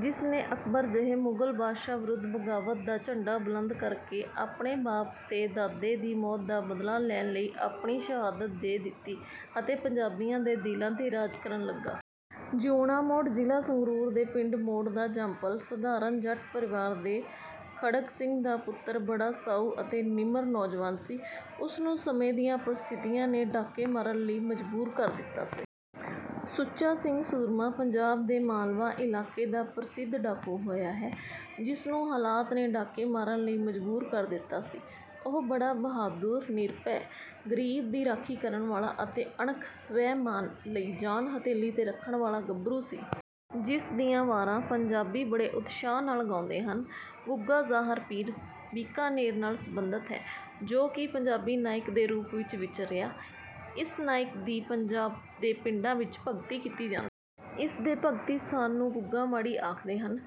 ਜਿਸ ਨੇ ਅਕਬਰ ਜਿਹੇ ਮੁਗਲ ਬਾਦਸ਼ਾਹ ਵਿਰੁੱਧ ਬਗਾਵਤ ਦਾ ਝੰਡਾ ਬੁਲੰਦ ਕਰਕੇ ਆਪਣੇ ਬਾਪ ਤੇ ਦਾਦੇ ਦੀ ਮੌਤ ਦਾ ਬਦਲਾ ਲੈਣ ਲਈ ਆਪਣੀ ਸ਼ਹਾਦਤ ਦੇ ਦਿੱਤੀ ਅਤੇ ਪੰਜਾਬੀਆਂ ਦੇ ਦਿਲਾਂ ਤੇ ਰਾਜ ਕਰਨ ਲੱਗਾ। ਜੀਊਣਾ ਮੋੜ ਜ਼ਿਲ੍ਹਾ ਸੰਗਰੂਰ ਦੇ ਪਿੰਡ ਮੋੜ ਦਾ ਜੰਮਪਲ ਸਾਧਾਰਨ ਜੱਟ ਪਰਿਵਾਰ ਦੇ ਖੜਗ ਸਿੰਘ ਦਾ ਪੁੱਤਰ ਬੜਾ ਸਾਊ ਅਤੇ ਨਿਮਰ ਨੌਜਵਾਨ ਸੀ। ਉਸ ਨੂੰ ਸਮੇਂ ਦੀਆਂ ਪਰਿਸਥਿਤੀਆਂ ਨੇ ਡਾਕੇ ਮਾਰਨ ਲਈ ਮਜਬੂਰ ਕਰ ਦਿੱਤਾ ਸੀ। ਸੁੱਚਾ ਸਿੰਘ ਸੂਰਮਾ ਪੰਜਾਬ ਦੇ ਮਾਲਵਾ ਇਲਾਕੇ ਦਾ ਪ੍ਰਸਿੱਧ ਡਾਕੂ ਹੋਇਆ ਹੈ। ਜਿਸ ਨੂੰ ਹਾਲਾਤ ਨੇ ਡਾਕੇ ਮਾਰਨ ਲਈ ਮਜਬੂਰ ਕਰ ਦਿੱਤਾ ਸੀ। ਉਹ ਬੜਾ ਬਹਾਦੁਰ, ਨਿਰਭੈ, ਗਰੀਬ ਦੀ ਰਾਖੀ ਕਰਨ ਵਾਲਾ ਅਤੇ ਅਣਖ ਸਵੈਮਾਨ ਲਈ ਜਾਨ ਹਥੇਲੀ ਤੇ ਰੱਖਣ ਵਾਲਾ ਗੱਭਰੂ ਸੀ। ਜਿਸ ਦੀਆਂ ਵਾਰਾਂ ਪੰਜਾਬੀ ਬੜੇ ਉਤਸ਼ਾਹ ਨਾਲ ਗਾਉਂਦੇ ਹਨ। ਗੁੱਗਾ ਜ਼ਾਹਰ ਪੀਰ ਬੀਕਾਨੇਰ ਨਾਲ ਸਬੰਧਿਤ ਹੈ। ਜੋ ਕਿ ਪੰਜਾਬੀ ਨਾਇਕ ਦੇ ਰੂਪ ਵਿੱਚ ਵਿਚਰਿਆ। ਇਸ ਨਾਇਕ ਦੀ ਪੰਜਾਬ ਦੇ ਪਿੰਡਾਂ ਵਿੱਚ ਭਗਤੀ ਕੀਤੀ ਜਾਂਦੀ ਹੈ। ਇਸ ਦੇ ਭਗਤੀ ਸਥਾਨ ਨੂੰ ਗੁੱਗਾ ਮਾੜੀ ਆਖਦੇ ਹਨ।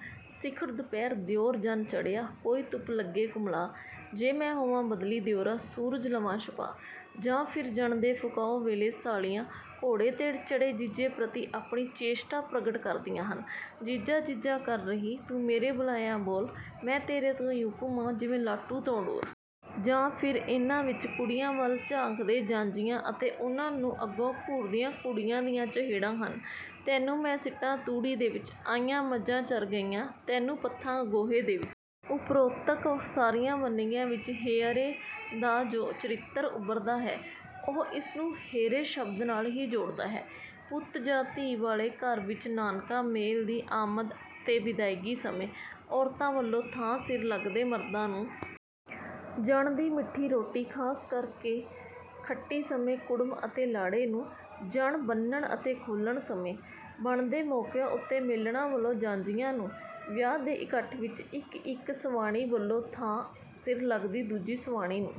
ਸਿਖਰ ਦੁਪਹਿਰ ਦਿਉਰ ਜਣ ਚੜ੍ਹਿਆ, ਕੋਈ ਧੁੱਪ ਲੱਗੇ ਕੁਮਲਾ, ਜੇ ਮੈਂ ਹੋਵਾਂ ਬੱਦਲੀ ਦਿਉਰਾ, ਸੂਰਜ ਲਵਾਂ ਛੁਪਾ। ਜਾਂ ਫਿਰ ਜਣ ਦੇ ਫੁਕਾਓ ਵੇਲੇ ਸਾਲੀਆਂ ਘੋੜੇ ਤੇ ਚੜ੍ਹੇ ਜੀਜੇ ਪ੍ਰਤੀ ਆਪਣੀ ਚੇਸ਼ਟਾ ਪ੍ਰਗਟ ਕਰਦੀਆਂ ਹਨ – ਜੀਜਾ ਜੀਜਾ ਕਰ ਰਹੀ, ਤੂੰ ਮੇਰੇ ਬੁਲਾਇਆਂ ਬੋਲ, ਮੈਂ ਤੇਰੇ ਤੋਂ ਇਉਂ ਘੁੰਮਾਂ, ਜਿਉਂ ਲਾਟੂ ਤੋਂ ਡੋਰ। ਜਾਂ ਫਿਰ ਇਹਨਾਂ ਵਿੱਚ ਕੁੜੀਆਂ ਵੱਲ ਝਾਕਦੇ ਜਾਂਞੀਆਂ ਅਤੇ ਉਨ੍ਹਾਂ ਨੂੰ ਅੱਗੋਂ ਘੂਰਦੀਆਂ ਕੁੜੀਆਂ ਦੀਆਂ ਚਹੇਡਾਂ ਹਨ – ਤੈਨੂੰ ਮੈਂ ਸਿੱਟਾ ਤੂੜੀ ਦੇ ਵਿੱਚ, ਆਈਆਂ ਮੱਝਾ ਚਰ ਗਈਆਂ, ਤੈਨੂੰ ਪੱਥਾਂ ਗੋਹੇ ਦੇ ਵਿੱਚ। ਉੱਪਰੋਕਤ ਸਾਰੀਆਂ ਵੰਨਗੀਆਂ ਵਿੱਚ 'ਹੇਅਰੇ' ਦਾ ਜੋ ਚਰਿੱਤਰ ਉੱਭਰਦਾ ਹੈ, ਉਹ ਇਸ ਨੂੰ 'ਹੇਰੇ' ਸ਼ਬਦ ਨਾਲ ਹੀ ਜੋੜਦਾ ਹੈ। ਪੁੱਤ ਜਾਂ ਧੀ ਵਾਲੇ ਘਰ ਵਿੱਚ ਨਾਨਕਾ ਮੇਲ ਦੀ ਆਮਦ ਤੇ ਵਿਦਾਇਗੀ ਸਮੇਂ। ਔਰਤਾਂ ਵੱਲੋਂ ਥਾਂ ਸਿਰ ਲੱਗਦੇ ਮਰਦਾਂ ਨੂੰ। ਜਣ ਦੀ ਮਿੱਠੀ ਰੋਟੀ ਖ਼ਾਸ ਕਰ ਕੇ ਖੱਟੀ ਸਮੇਂ ਕੁੜਮ ਅਤੇ ਲਾੜੇ ਨੂੰ। ਜਣ ਬੰਨ੍ਹਣ ਅਤੇ ਖੋਲ੍ਹਣ ਸਮੇਂ। ਬਣਦੇ ਮੌਕਿਆਂ ਉੱਤੇ ਮੇਲਣਾਂ ਵੱਲੋਂ ਜਾਂਞੀਆਂ ਨੂੰ। ਵਿਆਹ ਦੇ ਇਕੱਠ ਵਿੱਚ ਇੱਕ ਇੱਕ ਸਵਾਣੀ ਵੱਲੋਂ ਥਾਂ ਸਿਰ ਲੱਗਦੀ ਦੂਜੀ ਸਵਾਣੀ ਨੂੰ।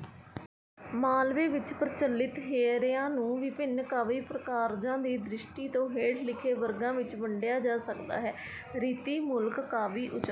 ਮਾਲਵੇ ਵਿੱਚ ਪ੍ਰਚਲਿਤ ਹੇਅਰਿਆਂ ਨੂੰ ਵਿਭਿੰਨ ਕਾਵਿ ਪ੍ਰਕਾਰਜਾਂ ਦੀ ਦ੍ਰਿਸ਼ਟੀ ਤੋਂ ਹੇਠ ਲਿਖੇ ਵਰਗਾਂ ਵਿੱਚ ਵੰਡਿਆ ਜਾ ਸਕਦਾ ਹੈ: ਰੀਤੀ ਮੂਲਕ ਕਾਵਿ-ਉਚਾਰ